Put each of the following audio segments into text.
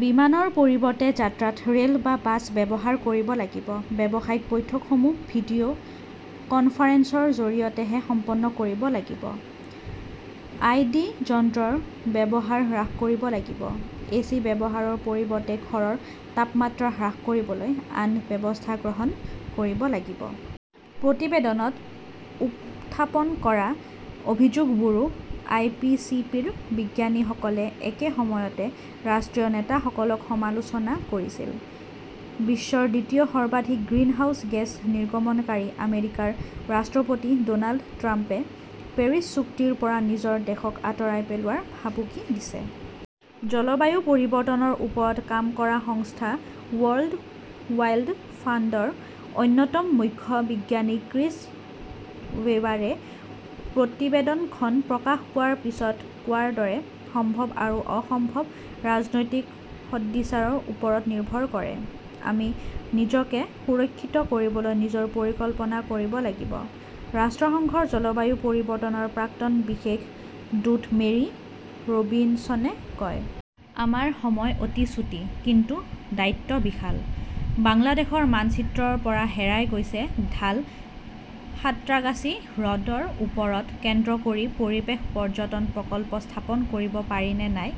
বিমানৰ পৰিৱৰ্তে যাত্ৰাত ৰে'ল বা বাছ ব্যৱহাৰ কৰিব লাগিব। ব্যৱসায়িক বৈঠকসমূহ ভিডিঅ' কনফাৰেন্সৰ জৰিয়তেহে সম্পন্ন কৰিব লাগিব। আই. ডি. যন্ত্ৰৰ ব্যৱহাৰ হ্ৰাস কৰিব লাগিব। এচি ব্যৱহাৰৰ পৰিৱৰ্তে ঘৰৰ তাপমাত্ৰা হ্ৰাস কৰিবলৈ আন ব্যৱস্থা গ্ৰহণ কৰিব লাগিব। প্ৰতিবেদনত উত্থাপন কৰা অভিযোগবোৰো আই. পি. চি. পি. ৰ বিজ্ঞানীসকলে একে সময়তে ৰাষ্ট্ৰীয় নেতাসকলক সমালোচনা কৰিছিল। বিশ্বৰ দ্বিতীয় সৰ্বাধিক গ্ৰিনহাউজ গেছ নিৰ্গমনকাৰী আমেৰিকাৰ ৰাষ্ট্ৰপতি ড'নাল্ড ট্ৰাম্পে পেৰিছ চুক্তিৰ পৰা নিজৰ দেশক আঁতৰাই পেলোৱাৰ ভাবুকি দিছে। জলবায়ু পৰিৱৰ্তনৰ ওপৰত কাম কৰা সংস্থা ৱৰ্ল্ড ৱাইল্ড ফাণ্ডৰ অন্যতম মুখ্য বিজ্ঞানী ক্ৰিছ ৱেবাৰে প্ৰতিবেদনখন প্ৰকাশ পোৱাৰ পিছত কোৱাৰ দৰে, সম্ভৱ আৰু অসম্ভৱ ৰাজনৈতিক সদিচ্ছাৰ ওপৰত নিৰ্ভৰ কৰে। "আমি নিজকে সুৰক্ষিত কৰিবলৈ নিজৰ পৰিকল্পনা কৰিব লাগিব", ৰাষ্ট্ৰসংঘৰ জলবায়ু পৰিৱৰ্তনৰ প্ৰাক্তন বিশেষ দূত মেৰী ৰবিনছনে কয়। "আমাৰ সময় অতি চুটি, কিন্তু দায়িত্ব বিশাল।" বাংলাদেশৰ মানচিত্ৰৰ পৰা হেৰাই গৈছে ঢাল সাঁত্ৰাগাছী হ্ৰদৰ ওপৰত কেন্দ্ৰ কৰি পৰিৱেশ পৰ্যটন প্ৰকল্প স্থাপন কৰিব পাৰি নে নাই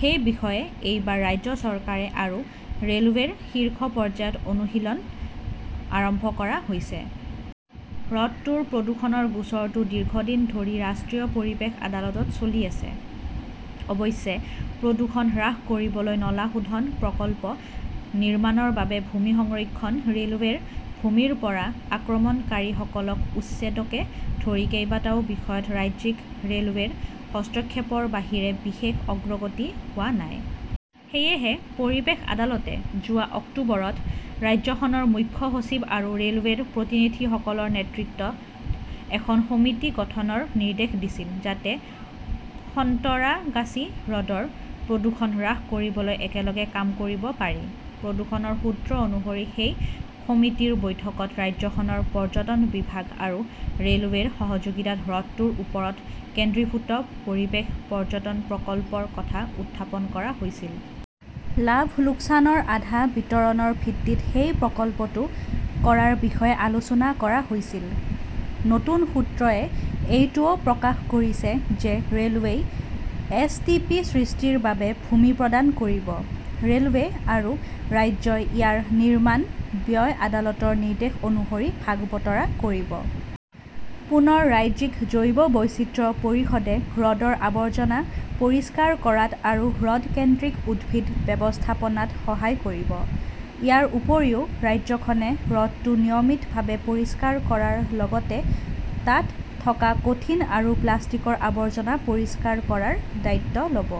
সেই বিষয়ে এইবাৰ ৰাজ্য চৰকাৰ আৰু ৰে'লৱেৰ শীৰ্ষ পৰ্যায়ত অনুশীলন আৰম্ভ কৰা হৈছে। হ্ৰদটোৰ প্ৰদূষণৰ গোচৰটো দীৰ্ঘদিন ধৰি ৰাষ্ট্ৰীয় পৰিৱেশ আদালতত চলি আছে। অৱশ্যে, প্ৰদূষণ হ্ৰাস কৰিবলৈ নলা শোধন প্ৰকল্প নিৰ্মাণৰ বাবে ভূমি সংৰক্ষণ, ৰেলৱেৰ ভূমিৰ পৰা আক্ৰমণকাৰীসকলক উচ্ছেদকে ধৰি কেইবাটাও বিষয়ত ৰাজ্যিক ৰে'লৱেৰ হস্তক্ষেপৰ বাহিৰে বিশেষ অগ্ৰগতি হোৱা নাই। সেয়েহে পৰিৱেশ আদালতে যোৱা অক্টোবৰত ৰাজ্যখনৰ মুখ্য সচিব আৰু ৰে'লৱেৰ প্ৰতিনিধিসকলৰ নেতৃত্বত এখন সমিতি গঠনৰ নিৰ্দেশ দিছিল যাতে সন্তৰাগাছী হ্ৰদৰ প্ৰদূষণ হ্ৰাস কৰিবলৈ একেলগে কাম কৰিব পাৰি। প্ৰশাসনৰ সূত্ৰ অনুসৰি সেই সমিতিৰ বৈঠকত ৰাজ্যখনৰ পৰ্যটন বিভাগ আৰু ৰে'লৱেৰ সহযোগিতাত হ্ৰদটোৰ ওপৰত কেন্দ্ৰীভূত পৰিৱেশ পৰ্যটন প্ৰকল্পৰ কথা উত্থাপন কৰা হৈছিল। লাভ-লোকচানৰ আধা বিতৰণৰ ভিত্তিত সেই প্ৰকল্পটো কৰাৰ বিষয়ে আলোচনা কৰা হৈছিল। নতুন সূত্ৰয়ে এইটোও প্ৰকাশ কৰিছে যে ৰে'লৱেই এছ. টি. পি. সৃষ্টিৰ বাবে ভূমি প্ৰদান কৰিব। ৰে'লৱে আৰু ৰাজ্যই ইয়াৰ নিৰ্মাণ ব্যয় আদালতৰ নিৰ্দেশ অনুসৰি ভাগ-বতৰা কৰিব। পুনৰ, ৰাজ্যিক জৈৱ বৈচিত্ৰ্য পৰিষদে হ্ৰদৰ আৱৰ্জনা পৰিষ্কাৰ কৰাত আৰু হ্ৰদ-কেন্দ্ৰিক উদ্ভিদ ব্যৱস্থাপনাত সহায় কৰিব। ইয়াৰ উপৰিও, ৰাজ্যখনে হ্ৰদটো নিয়মিতভাৱে পৰিষ্কাৰ কৰাৰ লগতে তাত থকা কঠিন আৰু প্লাষ্টিকৰ আৱৰ্জনা পৰিষ্কাৰ কৰাৰ দায়িত্ব ল'ব।